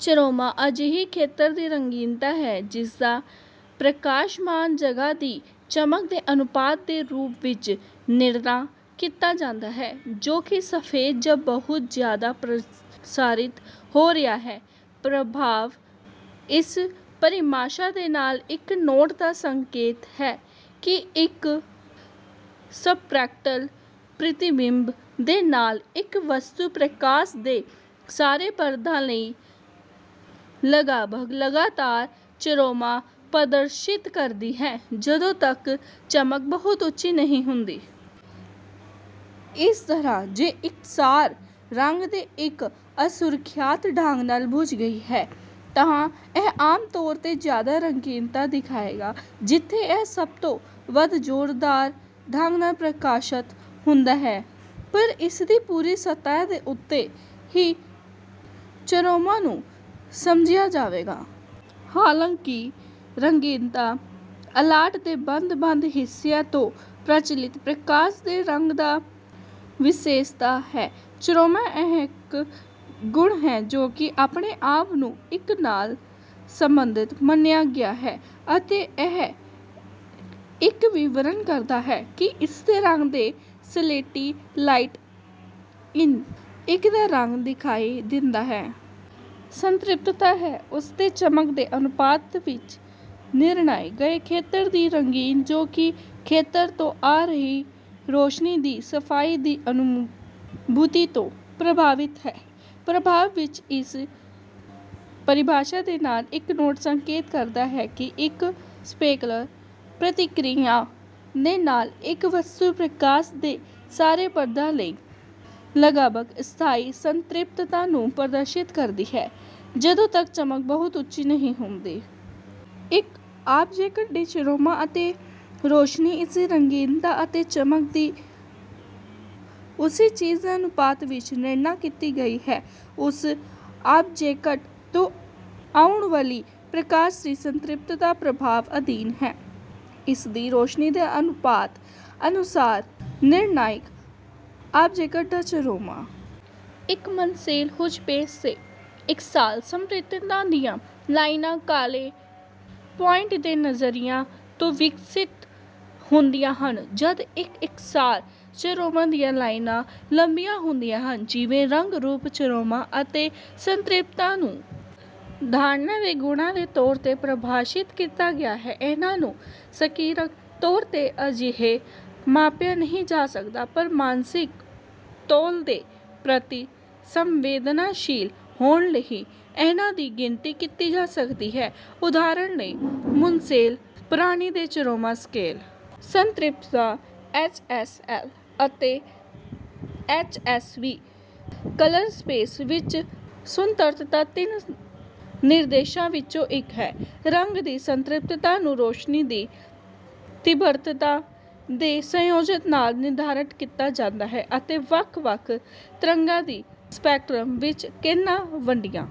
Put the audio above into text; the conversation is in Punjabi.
ਚਰੋਮਾ ਅਜਿਹੀ ਖੇਤਰ ਦੀ ਰੰਗੀਨਤਾ ਹੈ ਜਿਸਦਾ ਪ੍ਰਕਾਸ਼ਮਾਨ ਜਗਹ ਦੀ ਚਮਕ ਦੇ ਅਨੁਪਾਤ ਦੇ ਰੂਪ ਵਿੱਚ ਨਿਰਣਾ ਕੀਤਾ ਜਾਂਦਾ ਹੈ ਜੋ ਕਿ ਸਫੈਦ ਜਾਂ ਬਹੁਤ ਜ਼ਿਆਦਾ ਪ੍ਰਸਾਰਿਤ ਹੋ ਰਿਹਾ ਹੈ। ਪ੍ਰਭਾਵ ਵਿੱਚ ਇਸ ਪਰਿਭਾਸ਼ਾ ਦੇ ਨਾਲ ਇੱਕ ਨੋਟ ਦਾ ਸੰਕੇਤ ਹੈ ਕਿ ਇੱਕ ਸਪ੍ਰੈਕਟਲ ਪ੍ਰਤੀਬਿੰਬ ਦੇ ਨਾਲ ਇੱਕ ਵਸਤੂ ਪ੍ਰਕਾਸ਼ ਦੇ ਸਾਰੇ ਪੱਧਰਾਂ ਲਈ ਲਗਭਗ ਲਗਾਤਾਰ ਚਰੋਮਾ ਪ੍ਰਦਰਸ਼ਿਤ ਕਰਦੀ ਹੈ ਜਦੋਂ ਤੱਕ ਚਮਕ ਬਹੁਤ ਉੱਚੀ ਨਹੀਂ ਹੁੰਦੀ। ਇਸ ਤਰ੍ਹਾਂ ਜੇ ਇਕਸਾਰ ਰੰਗ ਦੇ ਇੱਕ ਅਸੁਰੱਖਿਅਤ ਢੰਗ ਨਾਲ ਬੁਝ ਗਈ ਹੈ ਤਾਂ ਇਹ ਆਮ ਤੌਰ ਤੇ ਜ਼ਿਆਦਾ ਰੰਗਦਾਰਤਾ ਦਿਖਾਏਗਾ ਜਿਥੇ ਇਹ ਸਭ ਤੋਂ ਵੱਧ ਜ਼ੋਰਦਾਰ ਢੰਗ ਨਾਲ ਪ੍ਰਕਾਸ਼ਤ ਹੁੰਦਾ ਹੈ ਪਰ ਇਸਦੀ ਪੂਰੀ ਸਤਿਹ ਤੇ ਉਸੇ ਹੀ ਚਰੋਮਾ ਨੂੰ ਸਮਝਿਆ ਜਾਵੇਗਾ। ਹਾਲਾਂਕਿ ਰੰਗੀਨਤਾ ਅਲਾਟ ਦੇ ਵੱਖ ਵੱਖ ਹਿੱਸਿਆਂ ਤੋਂ ਪ੍ਰਚੱਲਿਤ ਪ੍ਰਕਾਸ਼ ਦੇ ਰੰਗ ਦਾ ਵਿਸ਼ੇਸ਼ਤਾ ਹੈ ਚਰੋਮਾ ਇੱਕ ਗੁਣ ਹੈ ਜੋ ਕਿ ਆਪਣੇ ਆਪ ਨੂੰ ਇੱਕ ਨਾਲ ਸਬੰਧਤ ਮੰਨਿਆ ਗਿਆ ਹੈ ਅਤੇ ਇਹ ਵੀ ਵਰਨ ਕਰਦਾ ਹੈ ਕਿ ਇਸਦੇ ਰੰਗ ਦੇ ਸਲੇਟੀ ਲਾਈਟ ਇਨ ਐਸੇ ਇੱਕ ਦਾ ਰੰਗ ਦਿਖਾਈ ਦਿੰਦਾ ਹੈ। ਸਤ੍ਰਿਪਤਾ ਹੈ ਉਸ ਦੀ ਚਮਕ ਦੇ ਅਨੁਪਾਤ ਵਿੱਚ ਨਿਰਣਾਏ ਗਏ ਖੇਤਰ ਦੀ ਰੰਗੀਨ ਜੋ ਕਿ ਖੇਤਰ ਤੋਂ ਆ ਰਹੇ ਰੌਸ਼ਨੀ ਦੀ ਸਫਾਈ ਦੀ ਅਨੁਭੂਤੀ ਤੋਂ ਪ੍ਰਭਾਵਤ ਹੈ। ਪ੍ਰਭਾਵ ਵਿੱਚ ਇਸ ਪਰਿਭਾਸ਼ਾ ਦੇ ਨਾਲ ਇੱਕ ਨੋਟ ਸੰਕੇਤ ਕਰਦਾ ਹੈ ਕਿ ਇੱਕ ਸਪ੍ਰੈਕਲਰ ਪ੍ਰਤੀਕਿਰਿਆ ਦੇ ਨਾਲ ਇੱਕ ਵਸਤੂ ਪ੍ਰਕਾਸ਼ ਦੇ ਸਾਰੇ ਪੱਧਰਾਂ ਲਈ ਲਗਭਗ ਸਥਾਈ ਸੰਤ੍ਰਿਪਤਾ ਨੂੰ ਪ੍ਰਦਰਸ਼ਿਤ ਕਰਦੀ ਹੈ ਜਦੋਂ ਤੱਕ ਚਮਕ ਬਹੁਤ ਉੱਚੀ ਨਹੀਂ ਹੁੰਦੀ। ਇੱਕ ਆਬਜੈਕਟ ਦੇ ਚਰੋਮਾ ਅਤੇ ਰੋਸ਼ਨੀ ਇਸਦੀ ਰੰਗੀਨਤਾ ਅਤੇ ਚਮਕ ਦੀ ਉਸੇ ਚੀਜ਼ ਦੇ ਅਨੁਪਾਤ ਵਿੱਚ ਨਿਰਣਾ ਕੀਤੀ ਗਈ ਹੈ ਉਸ ਆਬਜੈਕਟ ਤੋਂ ਆਉਣ ਵਾਲੀ ਪ੍ਰਕਾਸ਼ ਦੀ ਸੰਤ੍ਰਿਪਤਾ ਪ੍ਰਭਾਵ ਅਧੀਨ ਹੈ ਇਸਦੀ ਰੌਸ਼ਨੀ ਦੇ ਅਨੁਪਾਤ ਅਨੁਸਾਰ ਨਿਰਣਾਇਕ ਆਬਜੈਕਟ ਦਾ ਚਰੋਮਾ। ਇੱਕ ਮਨਸੇਲ ਹੂਜ਼ ਪੇਜ ਤੇ ਇਕਸਾਰ ਸੰਤ੍ਰਿਪਤਾ ਦੀਆਂ ਲਾਈਨਾਂ ਕਾਲੇ ਪੁਆਇੰਟ ਦੇ ਨਜ਼ਰੀਏ ਤੋਂ ਵਿਕਸਤ ਹੁੰਦੀਆਂ ਹਨ ਜਦ ਕਿ ਇਕਸਾਰ ਚਰੋਮਾ ਦੀਆਂ ਲਾਈਨਾਂ ਲੰਬੀਆਂ ਹੁੰਦੀਆਂ ਹਨ। ਜਿਵੇਂ ਰੰਗ ਰੂਪ ਚਰੋਮਾ ਅਤੇ ਸੰਤ੍ਰਿਪਤਾ ਨੂੰ ਧਾਰਨਾ ਦੇ ਗੁਣਾਂ ਦੇ ਤੌਰ ਤੇ ਪ੍ਰਭਾਸ਼ਿਤ ਕੀਤਾ ਗਿਆ ਹੈ ਉਨ੍ਹਾਂ ਨੂੰ ਸਰੀਰਕ ਤੌਰ ਤੇ ਅਜਿਹੇ ਮਾਪਿਆ ਨਹੀਂ ਜਾ ਸਕਦਾ ਪਰ ਮਾਨਸਿਕ ਤੋਲ ਦੇ ਪ੍ਰਤੀ ਸੰਵੇਦਨਾਸ਼ੀਲ ਹੋਣ ਲਈ ਇਹਨਾਂ ਦੀ ਗਿਣਤੀ ਕੀਤੀ ਜਾ ਸਕਦੀ ਹੈ ਉਦਾਹਰਨ ਲਈ ਮੁਨਸਲ ਪ੍ਰਣਾਲੀ ਦੇ ਚਰੋਮਾ ਸਕੇਲ। ਸੰਤ੍ਰਿਪਤਾ ਐਚਐਸਐਲ ਅਤੇ H S V colour space ਵਿੱਚ ਸਤੰਨਤਾ ਤਿੰਨ ਨਿਰਦੇਸ਼ਾਂ ਵਿੱਚੋਂ ਇੱਕ ਹੈ। ਰੰਗ ਦੀ ਸੰਤ੍ਰਿਪਤਾ ਨੂੰ ਰੌਸ਼ਨੀ ਦੀ ਤੀਬਰਤਾ ਦੇ ਸੰਯੋਜਨ ਨਾਲ ਨਿਰਧਾਰਤ ਕੀਤਾ ਜਾਂਦਾ ਹੈ ਅਤੇ ਵੱਖ ਵੱਖ ਤਰੰਗਾਂ ਦੀ ਸਪੈਕਟ੍ਰਮ ਵਿੱਚ ਕਿੰਨਾ ਵੰਡਿਆ